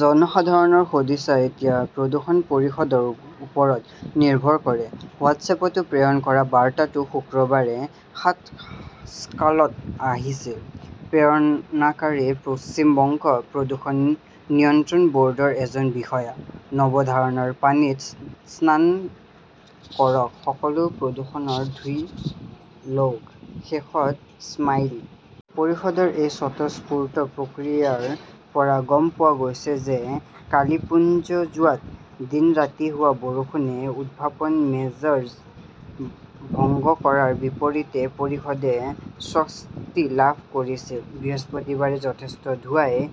জনসাধাৰণৰ সদিচ্ছা এতিয়া প্ৰদূষণ পৰিষদৰ ওপৰত নিৰ্ভৰ কৰে হোৱাটছএপত প্ৰেৰণ কৰা বাৰ্তাটো শুক্ৰবাৰে সাতস্কালত আহিছিল। প্ৰেৰণকাৰী পশ্চিম বংগ প্ৰদূষণ নিয়ন্ত্ৰণ বৰ্ডৰ এজন বিষয়া। 'নৱধাৰাৰ পানীত স্নান কৰক। সকলো প্ৰদূষণ ধুই লওঁক। 'শেষত স্মাইলি। পৰিষদৰ সেই স্বতঃস্ফূৰ্ত প্ৰতিক্ৰিয়াৰ পৰা গম পোৱা গৈছিল যে কালিপ্পুজোৱাত দিন-ৰাতি হোৱা বৰষুণে উৎসৱৰ মেজাজ ভংগ কৰাৰ বিপৰীতে পৰিষদে স্বস্তি লাভ কৰিছিল। বৃহস্পতিবাৰে যথেষ্ট ধোঁৱাই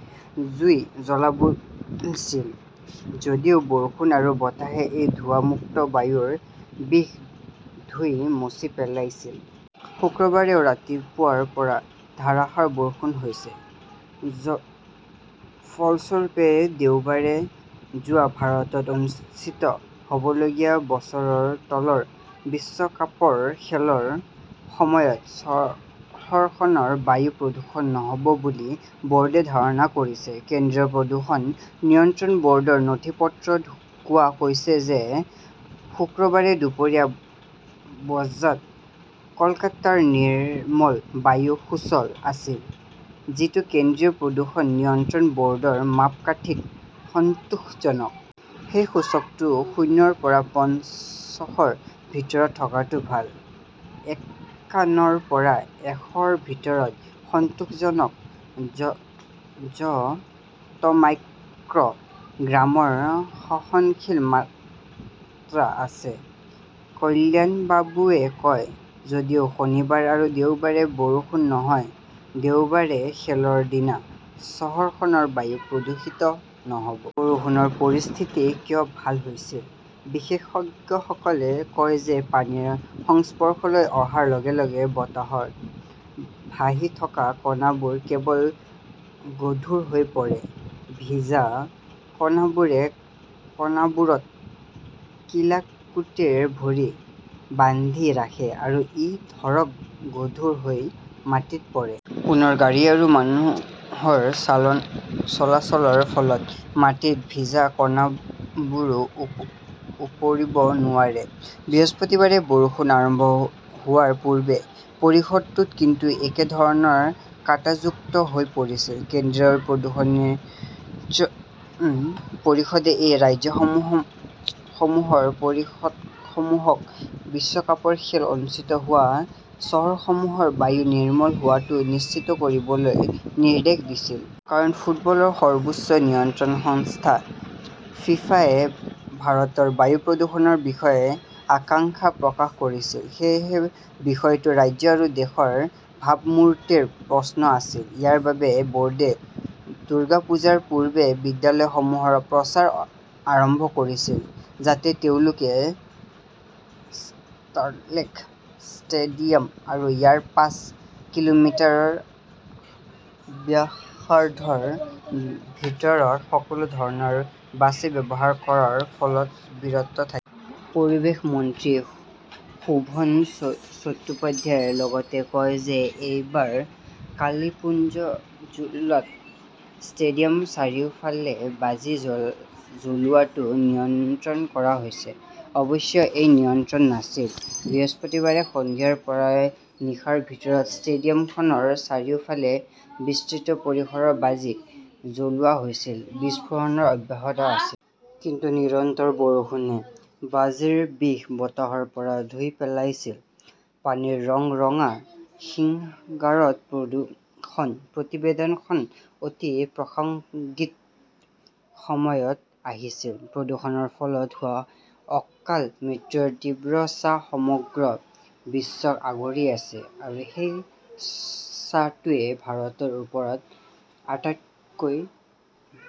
জুই জ্বলাইছিল যদিও বৰষুণ আৰু বতাহে সেই ধোঁৱাযুক্ত বায়ুৰ বিষ ধুই মচি পেলাইছিল। শুক্ৰবাৰেও ৰাতিপুৱাৰ পৰা ধাৰাসাৰ বৰষুণ হৈছে। ফলস্বৰূপে, দেওবাৰে য়ুবা ভাৰতত অনুষ্ঠিত হবলগীয়া বছৰৰ তলৰ বিশ্বকাপৰ খেলৰ সময়ত চহৰখনৰ বায়ু প্ৰদূষণ নহব বুলি বোৰ্ডে ধাৰণা কৰিছে। কেন্দ্ৰীয় প্ৰদূষণ নিয়ন্ত্ৰণ বৰ্ডৰ নথিপত্ৰত কোৱা হৈছে যে শুকুৰবাৰে দুপৰীয়া বজাত কলকাতাৰ 'নিৰ্মল বায়ু সূচক আছিল, যিটো কেন্দ্ৰীয় প্ৰদূষণ নিয়ন্ত্ৰণ বৰ্ডৰ মাপকাঠীত' সন্তোষজনক। সেই সূচকটো শূন্য ৰ পৰা পঞ্চাশ ৰ ভিতৰত থকাটো ভাল, একান্ন ৰ পৰা এশ ৰ ভিতৰত সন্তোষজনক। য 'ত মাইক্ৰ' গ্ৰামৰ সহনশীল মাত্ৰা আছে। কল্যাণবাবুৱে কয়, যদিও শনিবাৰ আৰু দেওবাৰে বৰষুণ নহয়, দেওবাৰে খেলৰ দিনা চহৰখনৰ বায়ু প্ৰদূষিত নহব। বৰষুণত পৰিস্থিতি কিয় ভাল হৈছিল? বিশেষজ্ঞসকলে কয় যে পানীৰ সংস্পৰ্শলৈ অহাৰ লগে-লগে বতাহত ভাহি থকা কণাবোৰ কেৱল গধুৰ হৈ পৰে। ভিজা কণাবোৰে কণাবোৰত কিলাকুটিৰ ভৰি বান্ধি ৰাখে আৰু ই অধিক গধুৰ হৈ মাটিত পৰে। পুনৰ গাড়ী আৰু মানুহৰ চলাচলৰ ফলত মাটিত ভিজা কণাবোৰো উৰিব নোৱাৰে। বৃহস্পতিবাৰে বৰষুণ আৰম্ভ হোৱাৰ পূৰ্বে পৰিষদটো কিন্তু একেধৰণৰ 'কাঁটাযুক্ত হৈ পৰিছিল। কেন্দ্ৰীয় প্ৰদূষণ নিয়ন্ত্ৰণ পৰিষদে সেই ৰাজ্যসমূহৰ পৰিষদসমূহক বিশ্বকাপৰ খেল অনুষ্ঠিত হোৱা চহৰসমূহৰ বায়ু নিৰ্মল হোৱাটো নিশ্চিত কৰিবলৈ নিৰ্দেশ দিছিল। কাৰণ, ফুটবলৰ সৰ্বোচ্চ নিয়ন্ত্ৰক সংস্থা ফিফা-য়ে ভাৰতৰ বায়ু প্ৰদূষণৰ বিষয়ে আশংকা প্ৰকাশ কৰিছিল। সেয়েহে, বিষয়টো ৰাজ্য আৰু দেশৰ ভাবমূৰ্তিৰ প্ৰশ্ন আছিল। ইয়াৰ বাবে, বৰ্ডে দুৰ্গা পূজাৰ পূৰ্বে বিদ্যালয়সমূহত প্ৰচাৰ আৰম্ভ কৰিছিল যাতে তেওঁলোকে চাল্টলেক ষ্টেডিয়াম আৰু ইয়াৰ পাঁচ কিলোমিটাৰ ব্যাসাৰ্ধৰ ভিতৰত সকলো ধৰণৰ বাজি ব্যৱহাৰ কৰাৰ পৰা বিৰত থাকে। পৰিৱেশ মন্ত্ৰী শোভন চট্টোপাধ্যায়ে লগতে কয় যে এইবাৰ কালিপ্পুজোৱাত ষ্টেডিয়ামৰ চাৰিওফালে বাজি জ্বলোৱাটো নিয়ন্ত্ৰণ কৰা হৈছে। অৱশ্যে সেই নিয়ন্ত্ৰণ নাছিল। বৃহস্পতিবাৰে সন্ধিয়াৰ পৰা নিশাৰ ভিতৰত ষ্টেডিয়ামখনৰ চাৰিওফালে বিস্তৃত পৰিসৰত বাজি জ্বলোৱা হৈছিল, বিস্ফোৰণ অব্যাহত আছিল। কিন্তু নিৰন্তৰ বৰষুণে বাজিৰ বিষ বতাহৰ পৰা ধুই পেলাইছিল। পানীৰ ৰং ৰঙা, সিংগাৰত প্ৰদূষণ প্ৰতিবেদনখন অতি প্ৰাসংগিক সময়ত আহিছিল। প্ৰদূষণৰ ফলত হোৱা অকাল মৃত্যুৰ তীব্ৰ ছাঁ সমগ্ৰ বিশ্বক আগুৰি আছে, আৰু সেই ছাঁটোৱে ভাৰতৰ ওপৰত আটাইতকৈ ডাঠ।